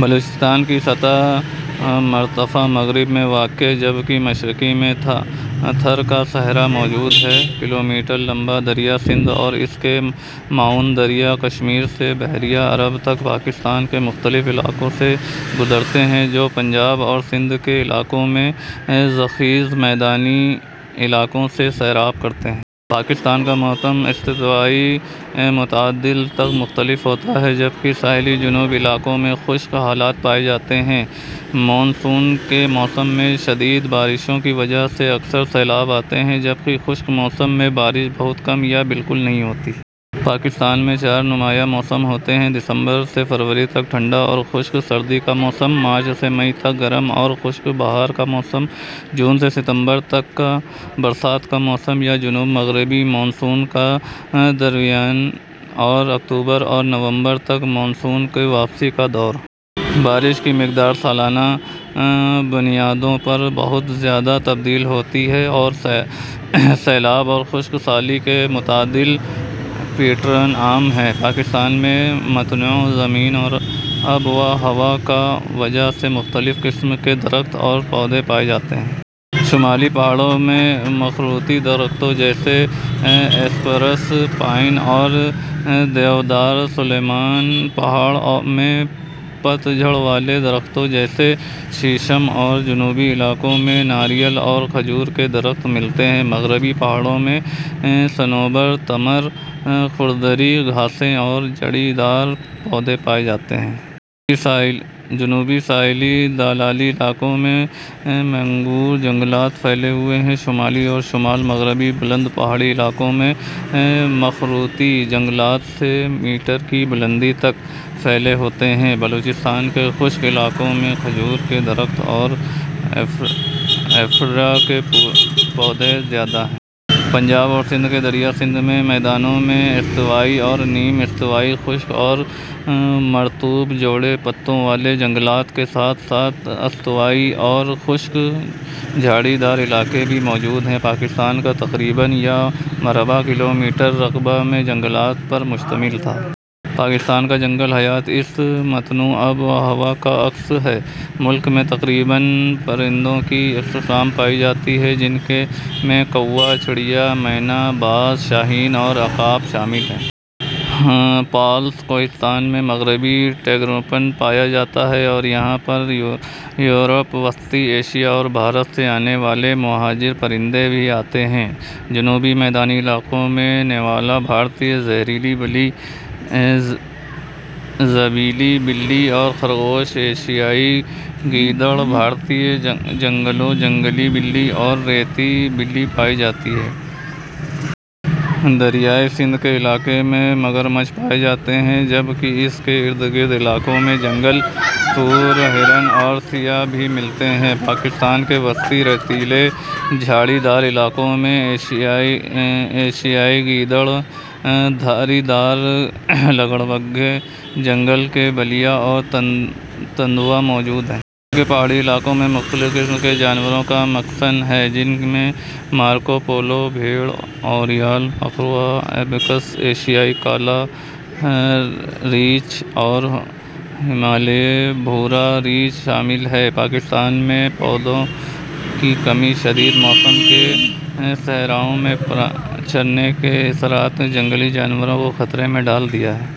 بلوچستان کا سطح مرتفع مغرب میں واقع ہے جبکہ مشرق میں تھر کا صحرا موجود ہے۔ کلومیٹر لمبا دریائے سندھ اور اس کے معاون دریا کشمیر سے بحیرہ عرب تک پاکستان کے مختلف علاقوں سے گزرتے ہیں، جو پنجاب اور سندھ کے علاقوں میں زرخیز میدانی علاقوں کو سیراب کرتے ہیں۔ پاکستان کا موسم استوائی سے معتدل تک مختلف ہوتا ہے، جبکہ ساحلی جنوبی علاقوں میں خشک حالات پائے جاتے ہیں۔ مون سون کے موسم میں شدید بارشوں کی وجہ سے اکثر سیلاب آتے ہیں، جبکہ خشک موسم میں بارش بہت کم یا بالکل نہیں ہوتی۔ پاکستان میں چار نمایاں موسم ہوتے ہیں: دسمبر سے فروری تک ٹھنڈا اور خشک سردی کا موسم؛ مارچ سے مئی تک گرم اور خشک بہار کا موسم؛ جون سے ستمبر تک برسات کا موسم یا جنوب مغربی مون سون کا دورانیہ؛ اور اکتوبر اور نومبر میں مون سون کا واپسی کا دور۔ بارش کی مقدار سالانہ بنیادوں پر بہت زیادہ تبدیل ہوتی ہے اور سیلاب اور خشک سالی کے متبادل پیٹرن عام ہیں۔ پاکستان میں متنوع زمین اور آب و ہوا کی وجہ سے مختلف قسم کے درخت اور پودے پائے جاتے ہیں۔ شمالی پہاڑوں میں مخروطی درختوں جیسے اسپروس، پائن اور دیودار، سلیمان پہاڑوں میں پت جھڑ والے درختوں جیسے شیشم اور جنوبی علاقوں میں ناریل اور کھجور کے درخت ملتے ہیں۔ مغربی پہاڑوں میں صنوبر، تمر، کھردری گھاسیں اور جھاڑی دار پودے پائے جاتے ہیں۔ جنوبی ساحلی دلدلی علاقوں میں مینگروو جنگلات پھیلے ہوئے ہیں۔ شمالی اور شمال مغربی بلند پہاڑی علاقوں میں مخروطی جنگلات سے میٹر کی بلندی تک پھیلے ہوتے ہیں۔ بلوچستان کے خشک علاقوں میں کھجور کے درخت اور افیڈرا کے پودے زیادہ ہیں۔ پنجاب اور سندھ کے دریائے سندھ کے میدانوں میں استوائی اور نیم استوائی خشک اور مرطوب چوڑے پتوں والے جنگلات کے ساتھ ساتھ استوائی اور خشک جھاڑی دار علاقے بھی موجود ہیں۔ پاکستان کا تقریباً یا مربع کلومیٹر رقبہ میں جنگلات پر مشتمل تھا۔ پاکستان کا جنگلی حیات اس کی متنوع آب و ہوا کا عکس ہے۔ ملک میں تقریباً پرندوں کی اقسام پائی جاتی ہیں جن میں کوا، چڑیا، مینا، باز، شاہین اور عقاب شامل ہیں۔ پالس، کوہستان میں مغربی ٹریگوپن پایا جاتا ہے اور یہاں یورپ، وسطی ایشیا اور بھارت سے آنے والے مہاجر پرندے بھی آتے ہیں۔ جنوبی میدانی علاقوں میں نیولا، بھارتی زبیلی بلی، خرگوش، ایشیائی گیدڑ، بھارتی چھلپانگو، جنگلی بلی اور ریتلی بلی پائی جاتی ہیں۔ دریائے سندھ کے علاقے میں مگرمچھ پائے جاتے ہیں جبکہ اس کے اردگرد کے علاقوں میں جنگلی سور، ہرن اور سیہ بھی ملتے ہیں۔ پاکستان کے وسطی ریتیلے جھاڑی دار علاقوں میں ایشیائی گیدڑ، دھاری دار لگڑبگڑ، جنگلی بلیاں اور تیندوا موجود ہیں۔ شمال کے پہاڑی علاقے مختلف قسم کے جانوروں کا مسکن ہیں جن میں مارکو پولو بھیڑ، اورئیل، مارخور، آئبیکس، ایشیائی کالا ریچھ اور ہمالیائی بھورا ریچھ شامل ہیں۔ پاکستان میں پودوں کی کمی، شدید موسم اور صحراوں میں چرنے کے اثرات نے جنگلی جانوروں کو خطرے میں ڈال دیا ہے۔